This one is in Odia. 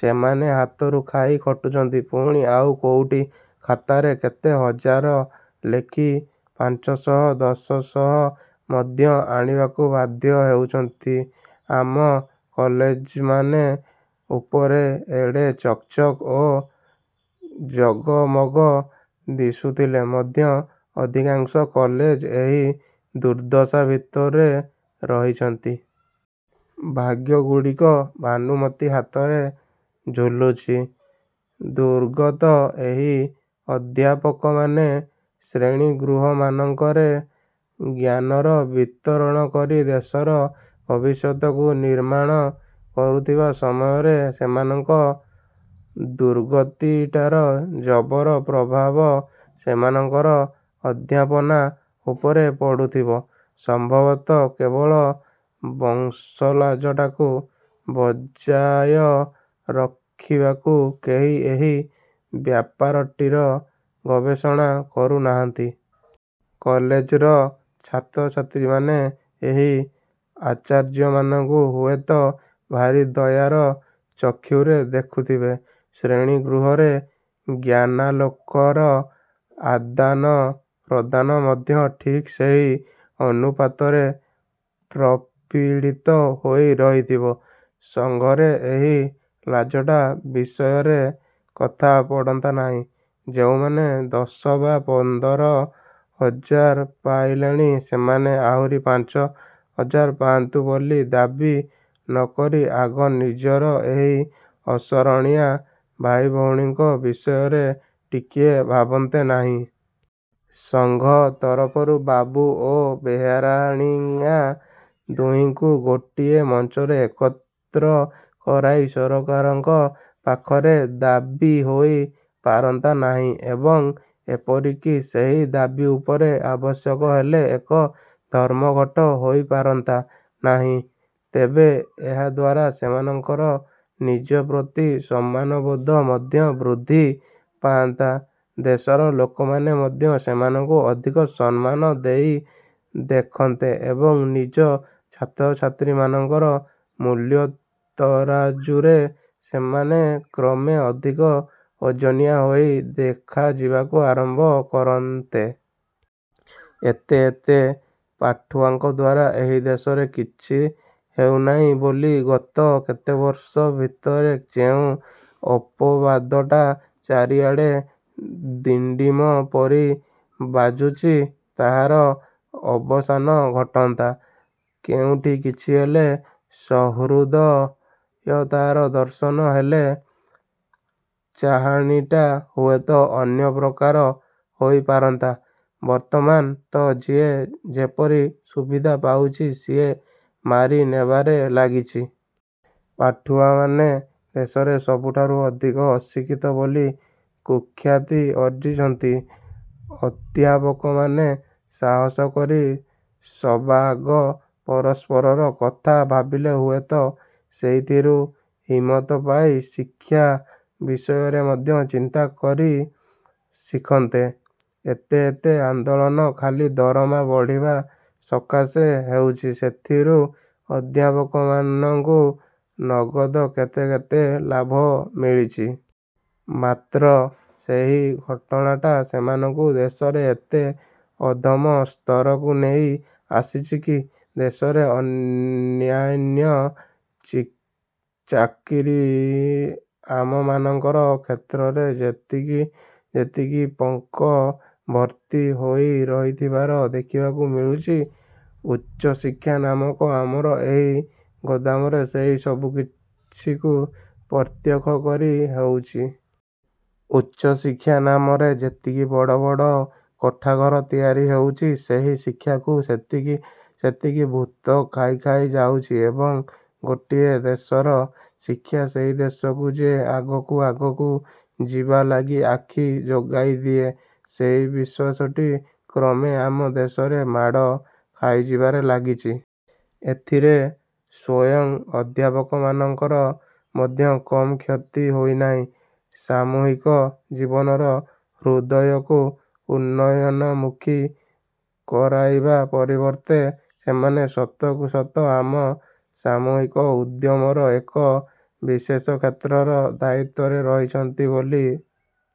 ସେମାନେ ହାତରୁ ଖାଇ ଖଟୁଛନ୍ତି। ପୁଣି ଆଉ କୋଉଠି ଖାତାରେ କେତେ ହଜାର ଲେଖି ପାଞ୍ଚଶହ ଦଶ ଶହ ମଧ୍ୟ ଆଣିବାକୁ ବାଧ୍ୟ ହେଉଛନ୍ତି। ଆମ କଲେଜ୍ମାନେ ଉପରେ ଏଡ଼େ ଚକ୍ ଚକ୍ ଓ ଜଗମଗ ଦିଶୁଥିଲେ ମଧ୍ୟ ଅଧିକାଂଶ କଲେଜ ଏହି ଦୁର୍ଦ୍ଦଶା ଭିତରେ ରହିଛନ୍ତି। ଭାଗ୍ୟଗୁଡ଼ିକ ଭାନୁମତୀ ହାତରେ ଝୁଲୁଛି। ଦୁର୍ଗତ ଏହି ଅଧ୍ୟାପକମାନେ ଶ୍ରେଣୀଗୃହମାନଙ୍କରେ ଜ୍ଞାନର ବିତରଣ କରି ଦେଶର ଭବିଷ୍ୟତକୁ ନିର୍ମାଣ କରୁଥିବା ସମୟରେ ସେମାନଙ୍କ ଦୁର୍ଗତିଟାର ଜବର ପ୍ରଭାବ ସେମାନଙ୍କର ଅଧ୍ୟାପନା ଉପରେ ପଡୁଥିବ। ସମ୍ଭବତଃ କେବଳ ବଂଶଲାଜଟାକୁ ବଜାୟ ରଖିବାକୁ କେହି ଏହି ବ୍ୟାପାରଟିର ଗବେଷଣା କରୁନାହାନ୍ତି। କଲେଜର ଛାତ୍ରଛାତ୍ରୀମାନେ ଏହି ଆଚାର୍ଯ୍ୟମାନଙ୍କୁ ହୁଏତ ଭାରି ଦୟାର ଚକ୍ଷୁରେ ଦେଖୁଥିବେ। ଶ୍ରେଣୀ-ଗୃହରେ ଜ୍ଞାନାଲୋକର ଆଦାନପ୍ରଦାନ ମଧ୍ୟ ଠିକ୍ ସେହି ଅନୁପାତରେ ପ୍ରପୀଡ଼ିତ ହୋଇ ରହିଥିବ। ସଂଘରେ ଏହି ଲାଜଟା ବିଷୟରେ କଥା ପଡ଼ନ୍ତା ନାହିଁ? ଯେଉଁମାନେ ଦଶ ବା ପନ୍ଦର ହଜାର ପାଇଲେଣି, ସେମାନେ ଆହୁରି ପାଞ୍ଚ ହଜାର ପାଆନ୍ତୁ ବୋଲି ଦାବି ନକରି ଆଗ ନିଜର ଏହି ଅସରଣିଆ ଭାଇଭଉଣୀଙ୍କ ବିଷୟରେ ଟିକିଏ ଭାବନ୍ତେ ନାହିଁ? ସଂଘ ତରଫରୁ ବାବୁ ଓ ବେହେରାଣିଆ ଦୁହିଁଙ୍କୁ ଗୋଟିଏ ମଞ୍ଚରେ ଏକତ୍ର କରାଇ ସରକାରଙ୍କ ପାଖରେ ଦାବି ହୋଇ ପାରନ୍ତା ନାହିଁ ଏବଂ ଏପରିକି ସେହି ଦାବି ଉପରେ ଆବଶ୍ୟକ ହେଲେ ଏକ ଧର୍ମଘଟ ହୋଇପାରନ୍ତା ନାହିଁ? ତେବେ, ଏହାଦ୍ୱାରା ସେମାନଙ୍କର ନିଜ ପ୍ରତି ସମ୍ମାନବୋଧ ମଧ୍ୟ ବୃଦ୍ଧି ପାଆନ୍ତା, ଦେଶର ଲୋକମାନେ ମଧ୍ୟ ସେମାନଙ୍କୁ ଅଧିକ ସମ୍ମାନ ଦେଇ ଦେଖନ୍ତେ ଏବଂ ନିଜ ଛାତ୍ରଛାତ୍ରୀଙ୍କର ମୂଲ୍ୟତରାଜୁରେ ସେମାନେ କ୍ରମେ ଅଧିକ ଓଜନିଆ ହୋଇ ଦେଖାଯିବାକୁ ଆରମ୍ଭ କରନ୍ତେ। ଏତେ ଏତେ ପାଠୁଆଙ୍କ ଦ୍ଵାରା ଏହି ଦେଶରେ କିଛି ହେଉନାହିଁ ବୋଲି ଗତ କେତେବର୍ଷ ଭିତରେ ଯେଉଁ ଅପବାଦଟା ଚାରିଆଡ଼େ ଡ଼ିଣ୍ଡିମ ପରି ବାଜୁଛି, ତାହାର ଅବସାନ ଘଟନ୍ତା। କେଉଁଠି କିଛି ହେଲେ ସହୃଦୟତାର ଦର୍ଶନ ହେଲେ ଚାହାଣିଟା ହୁଏତ ଅନ୍ୟ ପ୍ରକାର ହୋଇପାରନ୍ତା। ବର୍ତ୍ତମାନ ତ ଯିଏ ଯେପରି ସୁବିଧା ପାଉଛି, ସିଏ ମାରି ନେବାରେ ଲାଗିଛି। ପାଠୁଆମାନେ ଦେଶରେ ସବୁଠାରୁ ଅଧିକ ଅଶିକ୍ଷିତ ବୋଲି କୁଖ୍ୟାତି ଅର୍ଜିଛନ୍ତି। ଅଧ୍ୟାପକମାନେ ସାହସ କରି ସବାଆଗ ପରସ୍ପରର କଥା ଭାବିଲେ ହୁଏତ ସେଇଥିରୁ ହିମତ ପାଇ ଶିକ୍ଷା ବିଷୟରେ ମଧ୍ୟ ଚିନ୍ତା କରି ଶିଖନ୍ତେ। ଏତେ ଏତେ ଆନ୍ଦୋଳନ ଖାଲି ଦରମା ବଢ଼ିବା ସକାଶେ ହେଉଛି, ସେଥିରୁ ଅଧ୍ୟାପକମାନଙ୍କୁ ନଗଦ କେତେ କେତେ ଲାଭ ମିଳିଛି। ମାତ୍ର ସେହି ଘଟଣାଟା ସେମାନଙ୍କୁ ଦେଶରେ ଏତେ ଅଧମ ସ୍ତରକୁ ନେଇ ଆସିଛି କି? ଦେଶରେ ଅନ୍ୟାନ୍ୟ ଚାକିରିଆମାନଙ୍କର କ୍ଷେତ୍ରରେ ଯେତିକି ଯେତିକି ପଙ୍କ ଭର୍ତ୍ତି ହୋଇ ରହିଥିବାର ଦେଖିବାକୁ ମିଳୁଛି, ଉଚ୍ଚଶିକ୍ଷା ନାମକ ଆମର ଏହି ଗୋଦାମରେ ସେହି ସବୁକିଛିକୁ ପ୍ରତ୍ୟକ୍ଷ କରି ହେଉଛି। ଉଚ୍ଚଶିକ୍ଷା ନାମରେ ଯେତିକି ବଡ଼ ବଡ଼ କୋଠାଘର ତିଆରି ହେଉଛି, ସେହି ଶିକ୍ଷାକୁ ସେତିକି ସେତିକି ଭୂତ ଖାଇ ଖାଇ ଯାଉଛି ଏବଂ ଗୋଟିଏ ଦେଶର ଶିକ୍ଷା ସେହି ଦେଶକୁ ଯେ ଆଗକୁ ଆଗକୁ ଯିବା ଲାଗି ଆଖି ଯୋଗାଇଦିଏ, ସେହି ବିଶ୍ୱାସଟି କ୍ରମେ ଆମ ଦେଶରେ ମାଡ଼ ଖାଇଯିବାରେ ଲାଗିଛି। ଏଥିରେ ସ୍ୱୟଂ ଅଧ୍ୟାପକମାନଙ୍କର ମଧ୍ୟ କମ୍ କ୍ଷତି ହୋଇନାହିଁ? ସାମୂହିକ ଜୀବନର ହୃଦୟକୁ ଉନ୍ନୟନମୁଖୀ କରାଇବା ପରିବର୍ତ୍ତେ ସେମାନେ ସତକୁ ସତ ଆମ ସାମୂହିକ ଉଦ୍ୟମର ଏକ ବିଶେଷ କ୍ଷେତ୍ରର ଦାୟିତ୍ୱରେ ରହିଛନ୍ତି ବୋଲି